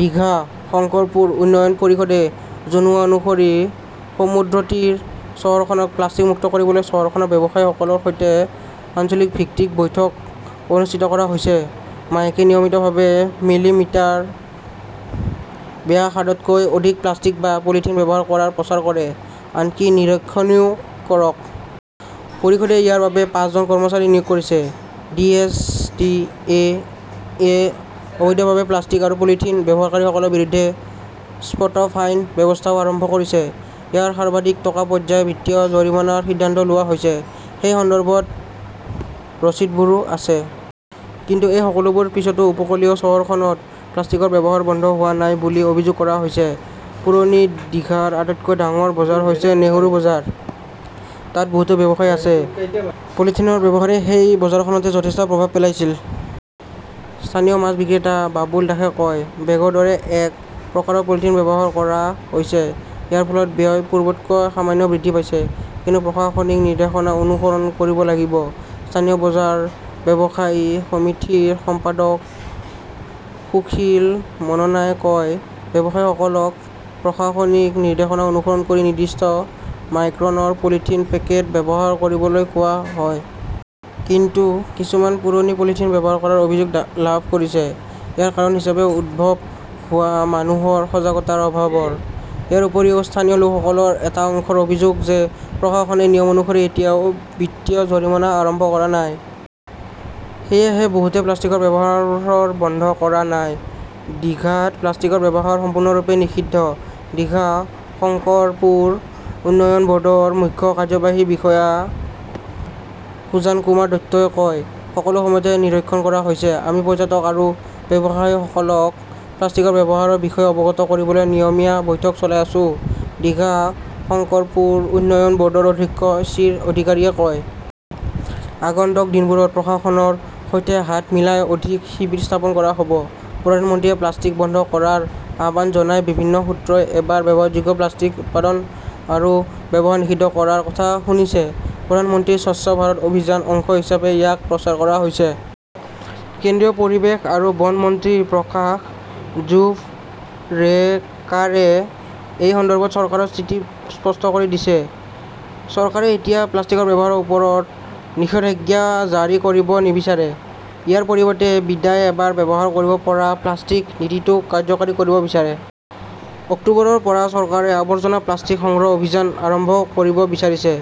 দীঘা-শংকৰপুৰ উন্নয়ন পৰিষদে জনোৱা অনুসৰি সমুদ্ৰতীৰ চহৰখনক প্লাষ্টিক মুক্ত কৰিবলৈ চহৰখনৰ ব্যৱসায়ীসকলৰ সৈতে অঞ্চলভিত্তিক বৈঠক অনুষ্ঠিত কৰা হৈছে। মাইকে নিয়মিতভাৱে মিলিমিটাৰ ব্যাসাৰ্ধতকৈ অধিক প্লাষ্টিক বা পলিথিন ব্যৱহাৰ কৰাৰ প্ৰচাৰ কৰে। আনকি নিৰীক্ষণও কৰক। পৰিষদে ইয়াৰ বাবে পাঁচজন কৰ্মচাৰী নিয়োগ কৰিছে। ডি. এছ. ডি. এ. য়ে অবৈধভাৱে প্লাষ্টিক আৰু পলিথিন ব্যৱহাৰকাৰীসকলৰ বিৰুদ্ধে 'স্পট ফাইন "ব্যৱস্থাও আৰম্ভ কৰিছে। ইয়াত সৰ্বাধিক টকা পৰ্যন্ত বিত্তীয় জৰিমনাৰ সিদ্ধান্ত লোৱা হৈছে। সেই সন্দৰ্ভত ৰচিদবোৰো আছে। কিন্তু এই সকলোবোৰৰ পিছতো উপকূলীয় চহৰখনত প্লাষ্টিকৰ ব্যৱহাৰ বন্ধ হোৱা নাই বুলি অভিযোগ কৰা হৈছে। পুৰণি দিঘাৰ আটাইতকৈ ডাঙৰ বজাৰ হৈছে নেহৰু বজাৰ। তাত বহুতো ব্যৱসায়ী আছে। পলিথিনৰ ব্যৱহাৰে সেই বজাৰখনত যথেষ্ট প্ৰভাৱ পেলাইছিল। স্থানীয় মাছ বিক্ৰেতা বাবলু দাসে কয়, বেগৰ দৰে এক প্ৰকাৰৰ পলিথিন ব্যৱহাৰ কৰা হৈছে। ইয়াৰ ফলত ব্যয় পূৰ্বতকৈ সামান্য বৃদ্ধি পাইছে। কিন্তু প্ৰশাসনিক নিৰ্দেশনা অনুসৰণ কৰিব লাগিব। স্থানীয় বজাৰ ব্যৱসায়ী সমিতিৰ সম্পাদক সুশীল মাননাই কয়, ব্যৱসায়ীসকলক প্ৰশাসনিক নিৰ্দেশনা অনুসৰণ কৰি নিৰ্দিষ্ট মাইক্ৰনৰ পলিথিন পেকেট ব্যৱহাৰ কৰিবলৈ কোৱা হয়। কিন্তু কিছুমানে পুৰণি পলিথিন ব্যৱহাৰ কৰাৰ অভিযোগ লাভ কৰিছে। ইয়াৰ কাৰণ হিচাপে উদ্ভৱ হোৱা মানুহৰ সজাগতাৰ অভাৱৰ । ইয়াৰ উপৰিও, স্থানীয় লোকসকলৰ এটা অংশৰ অভিযোগ যে প্ৰশাসনে নিয়ম অনুসৰি এতিয়াও বিত্তীয় জৰিমনা আৰম্ভ কৰা নাই। সেয়েহে বহুতে প্লাষ্টিকৰ ব্যৱহাৰ বন্ধ কৰা নাই। দীঘাত প্লাষ্টিকৰ ব্যৱহাৰ সম্পূৰ্ণৰূপে নিষিদ্ধ, দীঘা-শংকৰপুৰ উন্নয়ন ব'ৰ্ডৰ মুখ্য কাৰ্যবাহী বিষয়া সুজানকুমাৰ দত্তই কয়। সকলো সময়তে নিৰীক্ষণ কৰা হৈছে, আমি পৰ্যটক আৰু ব্যৱসায়ীসকলক প্লাষ্টিকৰ ব্যৱহাৰৰ বিষয়ে অৱগত কৰিবলৈ নিয়মীয়া বৈঠক চলাই আছো, ডিঘা-শংকৰপুৰ উন্নয়ন ব'ৰ্ডৰ অধ্যক্ষ শ্বিৰ অধিকাৰীয়ে কয়। আগন্তুক দিনবোৰত প্ৰশাসনৰ সৈতে হাত মিলাই অধিক শিবিৰ স্থাপন কৰা হ 'ব। প্ৰধানমন্ত্ৰীয়ে প্লাষ্টিক বন্ধ কৰাৰ আহ্বান জনায় বিভিন্ন সূত্ৰই এবাৰ ব্যৱহাৰযোগ্য প্লাষ্টিক উৎপাদন আৰু ব্যৱহাৰ নিষিদ্ধ কৰাৰ কথা শুনিছে। প্ৰধানমন্ত্ৰীৰ স্বচ্ছ ভাৰত অভিযানৰ অংশ হিচাপে ইয়াক প্ৰচাৰ কৰা হৈছে। কেন্দ্ৰীয় পৰিৱেশ আৰু বন মন্ত্ৰী প্ৰকাশ জাভড়েকাৰে এই সন্দৰ্ভত চৰকাৰৰ স্থিতি স্পষ্ট কৰি দিছে। চৰকাৰে এতিয়া প্লাষ্টিকৰ ব্যৱহাৰৰ ওপৰত নিষেধাজ্ঞা জাৰি কৰিব নিবিচাৰে। ইয়াৰ পৰিৱৰ্তে, 'বিদায় এবাৰ ব্যৱহাৰ কৰিব পৰা প্লাষ্টিক 'নীতিটো কাৰ্যকৰী কৰিব বিচাৰে। অক্টোবৰৰ পৰা চৰকাৰে আৱৰ্জনা প্লাষ্টিক সংগ্ৰহ অভিযান আৰম্ভ কৰিব বিচাৰিছে।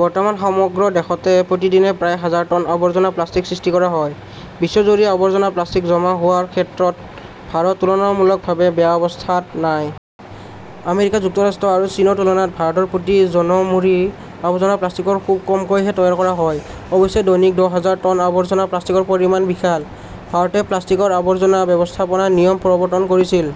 বৰ্তমান সমগ্ৰ দেশতে প্ৰতিদিনে প্ৰায় হাজাৰ টন আৱৰ্জনা প্লাষ্টিক সৃষ্টি কৰা হয়। বিশ্বজুৰি আৱৰ্জনা প্লাষ্টিক জমা হোৱাৰ ক্ষেত্ৰত ভাৰত তুলনামূলকভাৱে বেয়া অৱস্থাত নাই। আমেৰিকা যুক্তৰাষ্ট্ৰ আৰু চীনৰ তুলনাত ভাৰতৰ প্ৰতি জনমূৰি আৱৰ্জনা প্লাষ্টিক খুব কমেইহে তৈয়াৰ কৰা হয়। অৱশ্যে, দৈনিক দহ হাজাৰ টন আৱৰ্জনা প্লাষ্টিকৰ পৰিমাণ বিশাল। ভাৰতে প্লাষ্টিক আৱৰ্জনা ব্যৱস্থাপনা নিয়ম প্ৰৱৰ্তন কৰিছিল।